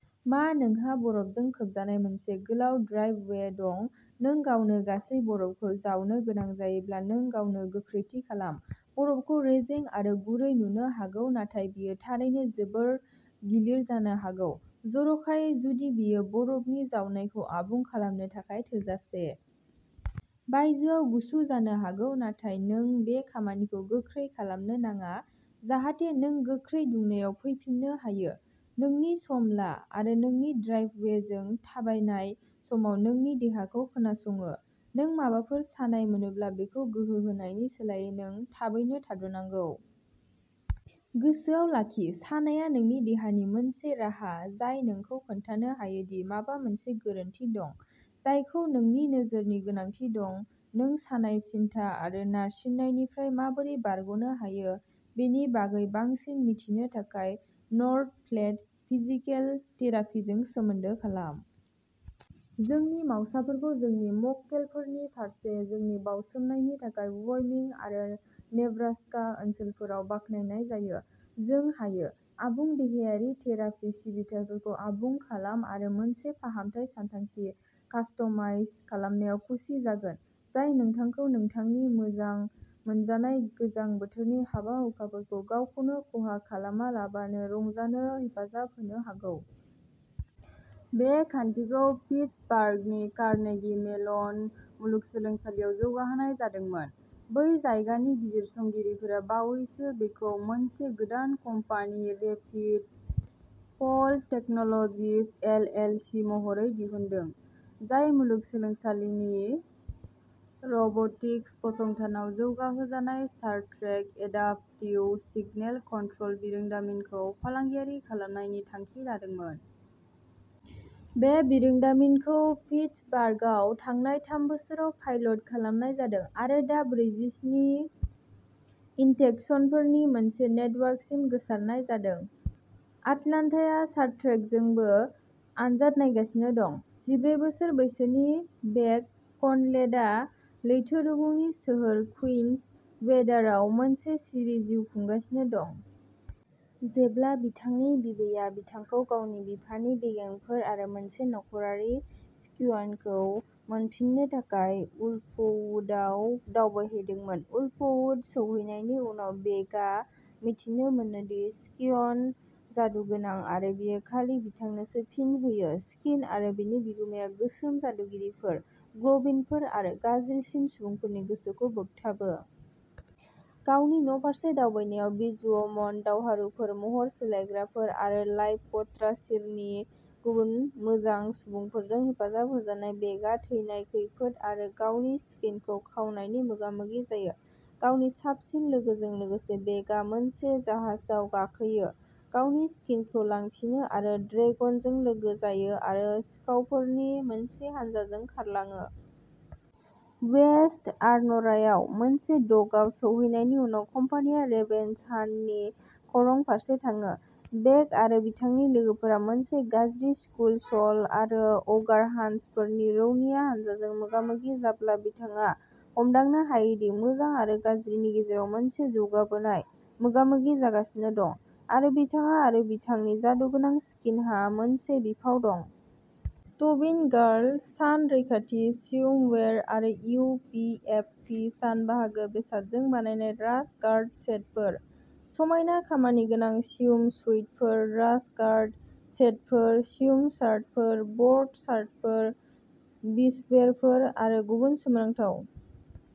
मा नोंहा बरफजों खोबजानाय मोनसे गोलाव ड्राइभवे दं? नों गावनो गासै बरफखौ जावनो गोनां जायोब्ला नों गावनो गोख्रैथि खालाम। बरफखौ रेजें आरो गुरै नुनो हागौ नाथाय बेयो थारैनो जोबोद गिलिर जानो हागौ। जर'खायै जुदि बेयो बरफनि जावनायखौ आबुं खालामनो थाखाय थोजासे। बायजोआव गुसु जानो हागौ नाथाय नों बे खामानिखौ गोख्रै खालामनो नाङा जाहाथे नों गोख्रै दुंनायाव फैफिननो हायो। नोंनि सम ला आरो नोंनि ड्राइभवेजों थाबायनाय समाव नोंनि देहाखौ खोनासङो। नों माबाफोर सानाय मोनोब्ला बेखौ गोहो होनायनि सोलायै नों थाबैनो थाद'नांगौ। गोसोआव लाखि सानाया नोंनि देहानि मोनसे राहा जाय नोंखौ खोन्थानो हायो दि माबा मोनसे गोरोन्थि दं। जायखौ नोंनि नोजोरनि गोनांथि दं नों सानाय सिनथा आरो नारसिननायनिफ्राय माबोरै बारग'नो हायो बेनि बागै बांसिन मिथिनो थाखाय नर्थ प्लेट फिजिकेल थेरापिजों सोमोन्दो खालाम। जोंनि मावसाफोरखौ जोंनि मक्केलफोरनि फारसे जोंनि बाउसोमनायनि थाखाय व'य'मिं आरो नेब्रास्का ओनसोलफोराव बाखनायनाय जायो। जों हायो। आबुं देहायारि थेरापि सिबिथाइफोरखौ आबुं खालाम आरो मोनसे फाहामथाय सानथांखि कास्टमाइज खालामनायाव खुसि जागोन जाय नोंथांखौ नोंथांनि मोजां मोनजानाय गोजां बोथोरनि हाबा-हुखाफोरखौ गावखौनो खहा खालामालाबानो रंजानो हेफाजाब होनो हागौ। बे खान्थिखौ पिटसबार्गनि कारनेगि मेलन मुलुगसोलोंसालियाव जौगाहोनाय जादोंमोन। बै जायगानि बिजिरसंगिरिफोरा बावैसो बेखौ मोनसे गोदान company rapid flow technologies L. L. C. महरै दिहुनदों। जाय मुलुगसोलोंसालिनि रब'टिक्स फसंथानाव जौगाहोजानाय सारट्रेक एडाप्टिव सिगनेल कन्ट्र'ल बिरोंदामिनखौ फालांगियारि खालामनायनि थांखि लादोंमोन। बे बिरोंदामिनखौ पिटसबार्गआव थांनाय थाम बोसोराव पाइलट खालामनाय जादों आरो दा ब्रैजिस्नि इन्टेक्सनफोरनि मोनसे नेटवर्कसिम गोसारनाय जादों। आटलान्टाया सार्ट्रेकजोंबो आनजाद नायगासिनो दं। जिब्रै बोसोर बैसोनि बेक कनलेथआ लैथो रुगुंनि सोहोर कुइन'ज वेदारआव मोनसे सिरि जिउ खुंगासिनो दं। जेब्ला बिथांनि बिबैया बिथांखौ गावनि बिफानि बेगेंफोर आरो मोनसे नख'रारि स्कियन खौ मोनफिननो थाखाय उल्फवुडआव दावबायहैदोंमोन। उल्फवुड सौहैनायनि उनाव बेकआ मिथिनो मोनो दि स्कियनआ जादुगोनां आरो बेयो खालि बिथांनोसो फिन होयो स्कीन आरो बेनि बिगुमाया गोसोम जादुगिरिफोर गब्लिनफोर आरो गाज्रिसिन सुबुंफोरनि गोसोखौ बोगथाबो। गावनि न'फारसे दावबायनायाव विजवुमन दावहारुफोर महर सोलायग्राफोर आरो लाइफथ्रासिरनि गुबुन मोजां सुबुंफोरजों हेफाजाब होजानाय बेकआ थैनाय खैफोद आरो गावनि स्कीनखौ खावनायनि मोगामोगि जायो। गावनि साबसिन लोगोजों लोगोसे बेकआ मोनसे जाहाजाव गाखोयो। गावनि स्कीनखौ लांफिनो मोनसे ड्रेगनजों लोगो जायो आरो सिखावफोरनि मोनसे हानजाजों खारलाङो। वेस्ट आर्न'रायाव मोनसे डकआव सौहैनायनि उनाव कम्पानिया रेभेन्स हान्टनि खरं फारसे थाङो। बेक आरो बिथांनि लोगोफोरा मोनसे गाज्रि स्कुलस'ल आरो अ'गारहान्चफोरनि रौनिया हानजाजों मोगा-मोगि जाब्ला बिथाङा हमदांनो हायो दि मोजां आरो गाज्रिनि गेजेराव मोनसे जौगाबोनाय मोगा-मोगि जागासिनो दं आरो बिथाङा आरो बिथांनि जादुगोनां स्कीनहा मोनसे बिफाव दं। टविन गार्ल सान रैखाथि स्विमवेर आरो इउ. पि. एफ. भि. सान बाहागो बेसादजों बानायनाय राश गार्ड सेटफोर। समायना खामानिगोनां स्विमसुइटफोर, राश गार्ड सेटफोर, स्विम शार्टफोर, बोर्ड शार्टफोर, बीचवेरफोर, आरो गुबुन सोमोनांथाव